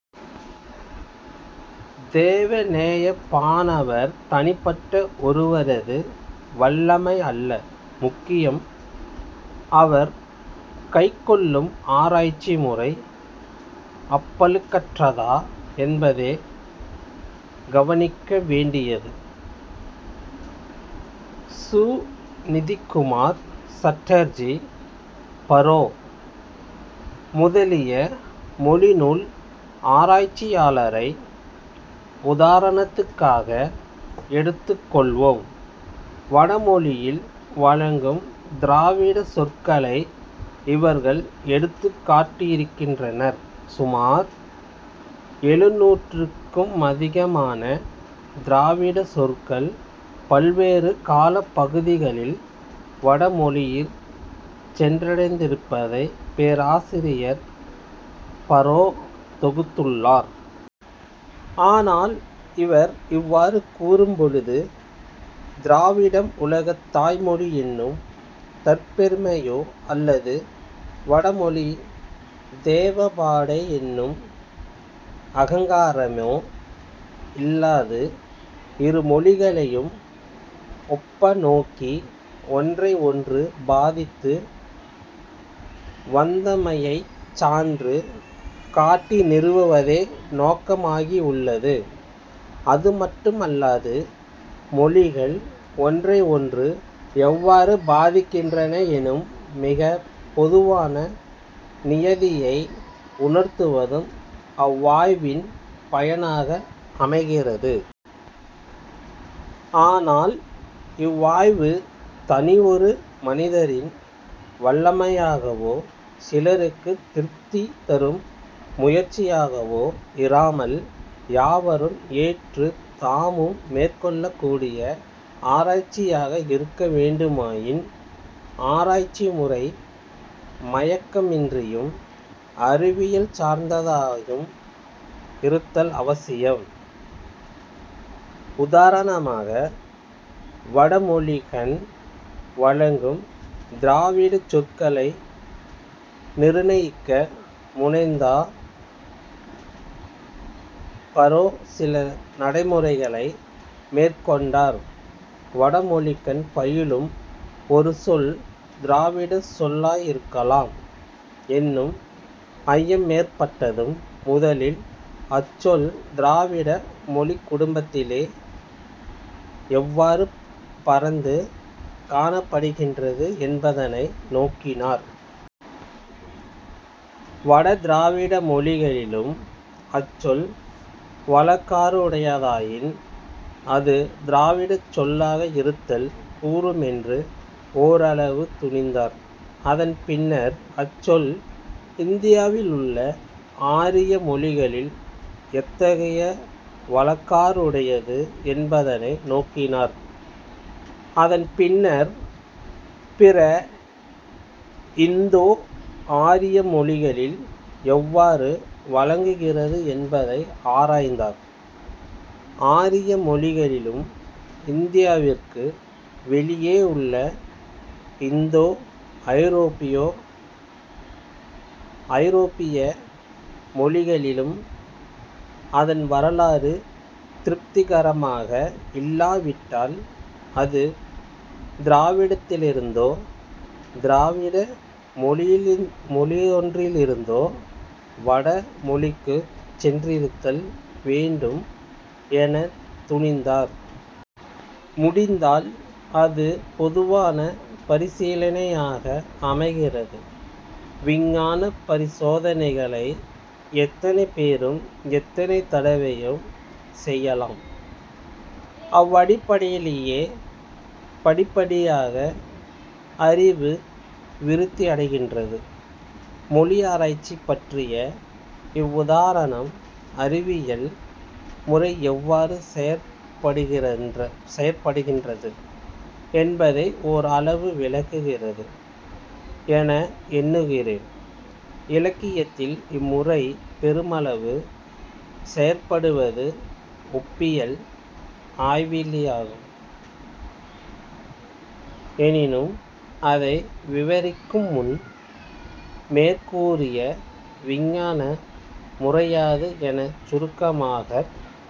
தேவநேயப் பாவாணர் தனிப்பட்ட ஒருவரது வல்லமையல்ல முக்கியம், அவர் கைக்கொள்ளும் ஆராய்ச்சி முறை அப்பழுக்கற்றதா என்பதே கவனிக்க வேண்டியது. சுநிதிகுமார் சட்டர்ஜி பறோ முதலிய மொழிநூல் ஆராய்ச்சியாளரை உதாரணத்துக்காக எடுத்துக் கொள்வோம். வட மொழியில் வழங்கும் திராவிடச் சொற்களை இவர்கள் எடுத்துக் காட்டியிருக்கின்றனர் சுமார் எழுநூற்றுக்குமதிகமான திராவிடச் சொற்கள் பல்வேறு காலப் பகுதிகளில் வட மொழியிற் சென்றடைந்திருப்பதைப் பேராசிரியர் பறோ தொகுத்துள்ளார். ஆனால் இவர் இவ்வாறு கூறும் பொழுது திராவிடம் உலகத் தாய்மொழி என்னும் தற்பெருமையோ அல்லது வட மொழி தேவபாடை என்னும் அகங்காரமோ இல்லாது இருமொழிகளையும் ஒப்பநோக்கி ஒன்றையொன்று பாதித்து வந்தமையைச் சான்று காட்டி நிறுவுவதே நோக்கமாயுள்ளது. அது மட்டுமல்லாது மொழிகள் ஒன்றையொன்று எவ்வாறு பாதிக்கின்றன என்னும் மிகப் பொதுவான நியதியை உணர்த்துவதும் அவ்வாய்வின் பயனாக அமைகிறது. ஆனால் இவ்வாய்வு தனியொரு மனிதரின் வல்லமையாகவோ சிலருக்குத் திருப்தி தரும் முயற்சியாகவோ இராமல் யாவரும் ஏற்றுத் தாமும் மேற்கொள்ளக்கூடிய ஆராய்ச்சியாக இருக்க வேண்டுமாயின் ஆராய்ச்சி முறை மயக்கமின்றியும் அறிவியல் சார்ந்ததாயும் இருத்தல் அவசியம். உதாரணமாக வடமொழிக்கண் வழங்கும் திராவிடச் சொற்களை நிருணயிக்க முனைந்த பறோ சில நடைமுறைகளை மேற்கொண்டார் வடமொழிக்கண் பயிலும் ஒரு சொல் திராவிடச் சொல்லாயிருக்கலாம் என்னும் ஐயமேற்பட்டதும் முதலில் அச்சொல் திராவிட மொழிக் குடும்பத்திலே எவ்வாறு பரந்து காணப்படுகின்றது என்பதனை நோக்கினார். வட திராவிட மொழிகளிலும் அச்சொல் வழக்காறுடையதாயின் அது திராவிடச் சொல்லாக இருத்தல் கூடுமென்று ஓரளவு துணிந்தார். அதன் பின்னர் அச்சொல் இந்தியாவிலுள்ள ஆரிய மொழிகளில் எத்தகைய வழக்காறுடையது என்பதனை நோக்கினார். அதன் பின்னர் பிற இந்தோ ஆரிய மொழிகளில் எவ்வாறு வழங்குகிறது என்பதை ஆராய்ந்தார். ஆரிய மொழிகளிலும் இந்தியாவிற்கு வௌியேயுள்ள இந்தோ ஐரோப்பிய மொழிகளிலும் அதன் வரலாறு திருப்திகரமாக இல்லா விட்டால் அது திராவிடத்திலிருந்தோ திராவிட மொழியொன்றிலிருந்தோ வட மொழிக்குச் சென்றிருத்தல் வேண்டும் எனத் துணிந்தார். முடிந்தால் அது பொதுவான பரிசீலனையாக அமைகிறது. விஞ்ஞானப் பரிசோதனைகளை எத்தனை பேரும் எத்தனை தடவையும் செய்யலாம் அவ்வடிப்படையிலேயே படிப்படியாக அறிவு விருத்தியடைகின்றது. மொழியாராய்ச்சி பற்றிய இவ்வுதாரணம் அறிவியல் முறை எவ்வாறு செயற்படுகின்றது என்பதை ஓரளவு விளக்குகிறது என எண்ணுகிறேன். இலக்கியத்தில் இம்முறை பெருமளவு செயற்படுவது ஒப்பியல் ஆய்வியலாகும் எனினும் அதை விவரிக்குமுன் மேற்கூறிய விஞ்ஞான முறையாது எனச் சுருக்கமாகக்